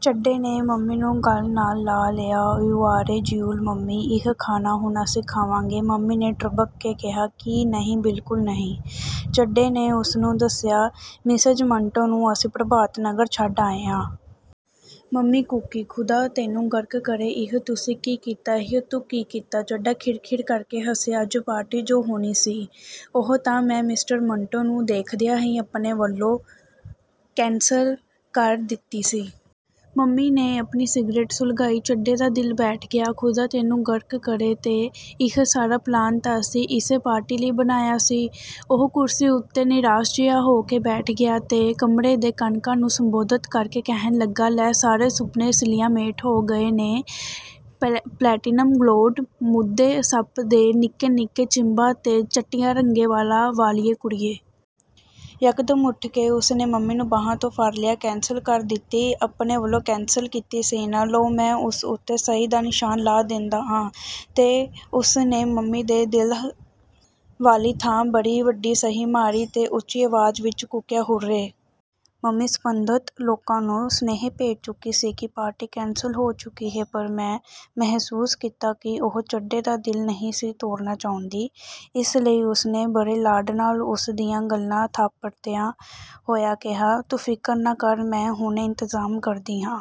ਚੱਡੇ ਨੇ ਮੰਮੀ ਨੂੰ ਗੱਲ ਨਾਲ ਲਾ ਲਿਆ, you are a jewel mummy! ਇਹ ਖਾਣਾ ਹੁਣ ਅਸੀਂ ਖਾਵਾਂਗੇ। " ਮੰਮੀ ਨੇ ਤ੍ਰਬਕ ਕੇ ਕਿਹਾ, "ਕੀ? ਨਹੀਂ, ਬਿਲਕੁਲ ਨਹੀਂ। "ਚੱਡੇ ਨੇ ਉਸਨੂੰ ਦੱਸਿਆ, "ਮਿਸੇਜ ਮੰਟੋ ਨੂੰ ਅਸੀਂ ਪ੍ਰਭਾਤ ਨਗਰ ਛੱਡ ਆਏ ਆਂ। " ਮੰਮੀ ਕੂਕੀ, "ਖ਼ੁਦਾ ਤੈਨੂੰ ਗਰਕ ਕਰੇ ਇਹ ਤੁਸੀਂ ਕੀ ਕੀਤਾ, ਇਹ ਤੂੰ ਕੀ ਕੀਤਾ? ਚੱਡਾ ਖਿੜਖਿੜ ਕਰਕੇ ਹੱਸਿਆ, "ਅੱਜ ਪਾਰਟੀ ਜੋ ਹੋਣੀ ਸੀ।" "ਉਹ ਤਾਂ ਮੈਂ ਮਿਸਟਰ ਮੰਟੋ ਨੂੰ ਦੇਖਦਿਆਂ ਹੀ ਆਪਣੇ ਵੱਲੋਂ ਕੈਂਸਲ ਕਰ ਦਿੱਤੀ ਸੀ। "ਮੰਮੀ ਨੇ ਆਪਣੀ ਸਿਗਰੇਟ ਸੁਲਗਾਈ। ਚੱਡੇ ਦਾ ਦਿਲ ਬੈਠ ਗਿਆ। "ਖ਼ੁਦਾ ਤੈਨੂੰ ਗਰਕ ਕਰੇ ਤੇ ਇਹ ਸਾਰਾ ਪਲਾਨ ਤਾਂ ਅਸੀਂ ਇਸੇ ਪਾਰਟੀ ਲਈ ਬਣਾਇਆ ਸੀ। "ਉਹ ਕੁਰਸੀ ਉੱਤੇ ਨਿਰਾਸ਼ ਜਿਹਾ ਹੋ ਕੇ ਬੈਠ ਗਿਆ ਤੇ ਕਮਰੇ ਦੇ ਕਣ-ਕਣ ਨੂੰ ਸੰਬੋਧਤ ਕਰਕੇ ਕਹਿਣ ਲੱਗਾ, "ਲੈ, ਸਾਰੇ ਸੁਪਨੇ ਮਲੀਆਮੇਟ ਹੋ ਗਏ ਨੇ, ਪਲੇਟੀਨਮ ਬਲੌਂਡ, ਮੂਧੇ ਸੱਪ ਦੇ ਨਿੱਕੇ-ਨਿੱਕੇ ਛਿੰਭਾਂ ਤੇ ਚਟਿਆ ਰੰਗੇ ਵਾਲਾਂ ਵਾਲੀਏ ਕੁੜੀਏ। "ਯਕਦਮ ਉੱਠ ਕੇ ਉਸਨੇ ਮੰਮੀ ਨੂੰ ਬਾਹਾਂ ਤੋਂ ਫੜ੍ਹ ਲਿਆ, "ਕੈਂਸਲ ਕਰ ਦਿੱਤੀ, ਆਪਣੇ ਵੱਲੋਂ ਕੈਂਸਲ ਕੀਤੀ ਸੀ ਨਾ। ਲਓ, ਮੈਂ ਉਸ ਉੱਤੇ ਸਹੀ ਦਾ ਨਿਸ਼ਾਨ ਲਾ ਦੇਂਦਾ ਆਂ। "ਤੇ ਉਸਨੇ ਮੰਮੀ ਦੇ ਦਿਲ ਵਾਲੀ ਥਾਂ ਬੜੀ ਵੱਡੀ ਸਹੀ ਮਾਰੀ ਤੇ ਉੱਚੀ ਆਵਾਜ਼ ਵਿਚ ਕੂਕਿਆ, "ਹੁਰ-ਰੇ! " ਮੰਮੀ ਸਬੰਧਤ ਲੋਕਾਂ ਨੂੰ ਸੁਨੇਹੇ ਭੇਜ ਚੁੱਕੀ ਸੀ ਕਿ ਪਾਰਟੀ ਕੈਂਸਲ ਹੋ ਚੁੱਕੀ ਹੈ। ਪਰ ਮੈਂ ਮਹਿਸੂਸ ਕੀਤਾ ਕਿ ਉਹ ਚੱਡੇ ਦਾ ਦਿਲ ਨਹੀਂ ਸੀ ਤੋੜਨਾ ਚਾਹੁੰਦੀ। ਇਸ ਲਈ ਉਸਨੇ ਬੜੇ ਲਾਡ ਨਾਲ ਉਸ ਦੀਆਂ ਗੱਲ੍ਹਾਂ ਥਾਪੜਦਿਆਂ ਹੋਇਆਂ ਕਿਹਾ, "ਤੂੰ ਫਿਕਰ ਨਾ ਕਰ ਮੈਂ ਹੁਣੇ ਇੰਤਜ਼ਾਮ ਕਰਦੀ ਆਂ।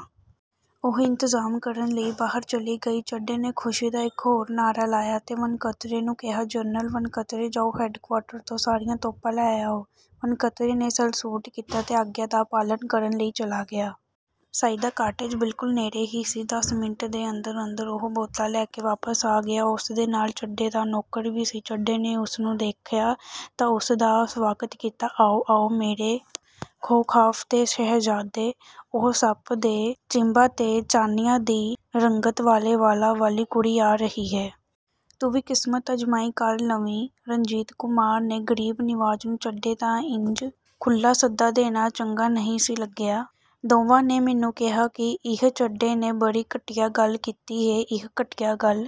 " ਉਹ ਇੰਤਜ਼ਾਮ ਕਰਨ ਲਈ ਬਾਹਰ ਚਲੀ ਗਈ। ਚੱਡੇ ਨੇ ਖੁਸ਼ੀ ਦਾ ਇਕ ਹੋਰ ਨਾਅਰਾ ਲਾਇਆ ਤੇ ਵਣਕਤਰੇ ਨੂੰ ਕਿਹਾ, "ਜਨਰਲ ਵਣਕਤਰੇ ਜਾਓ, ਹੈਡਕਵਾਰਟਰ ਤੋਂ ਸਾਰੀਆਂ ਤੋਪਾਂ ਲੈ ਆਓ। "ਵਣਕਤਰੇ ਨੇ ਸੈਲਸੂਟ ਕੀਤਾ ਤੇ ਆਗਿਆ ਦਾ ਪਾਲਨ ਕਰਨ ਲਈ ਚਲਾ ਗਿਆ। ਸਈਦਾ ਕਾਟੇਜ ਬਿਲਕੁਲ ਨੇੜੇ ਹੀ ਸੀ। ਦਸ ਮਿੰਟ ਦੇ ਅੰਦਰ-ਅੰਦਰ ਉਹ ਬੋਤਲਾਂ ਲੈ ਕੇ ਵਾਪਸ ਆ ਗਿਆ। ਉਸਦੇ ਨਾਲ ਚੱਡੇ ਦਾ ਨੌਕਰ ਵੀ ਸੀ। ਚੱਡੇ ਨੇ ਉਸਨੂੰ ਦੇਖਿਆ ਤਾਂ ਉਸਦਾ ਸਵਾਗਤ ਕੀਤਾ, "ਆਓ, ਆਓ ਮੇਰੇ ਕੋਹਕਾਫ ਦੇ ਸ਼ਹਿਜ਼ਾਦੇ" ਉਹ ਸੱਪ ਦੇ ਛਿੰਬਾਂ ਤੇ ਚਾਣਿਆਂ ਦੀ ਰੰਗਤ ਵਾਲੇ ਵਾਲਾਂ ਵਾਲੀ ਕੁੜੀ ਆ ਰਹੀ ਹੈ। ਤੂੰ ਵੀ ਕਿਸਮਤ ਆਜਮਾਈ ਕਰ ਲਵੀਂ। "ਰਣਜੀਤ ਕੁਮਾਰ ਤੇ ਗਰੀਬ ਨਿਵਾਜ ਨੂੰ ਚੱਡੇ ਦਾ ਇੰਜ ਖੁੱਲ੍ਹਾ ਸੱਦਾ ਦੇਣਾ ਚੰਗਾ ਨਹੀਂ ਸੀ ਲੱਗਿਆ। ਦੋਵਾਂ ਨੇ ਮੈਨੂੰ ਕਿਹਾ ਕਿ ਇਹ ਚੱਡੇ ਨੇ ਬੜੀ ਘਟੀਆ ਗੱਲ ਕੀਤੀ ਹੈ। ਇਹ ਘਟੀਆ ਗੱਲ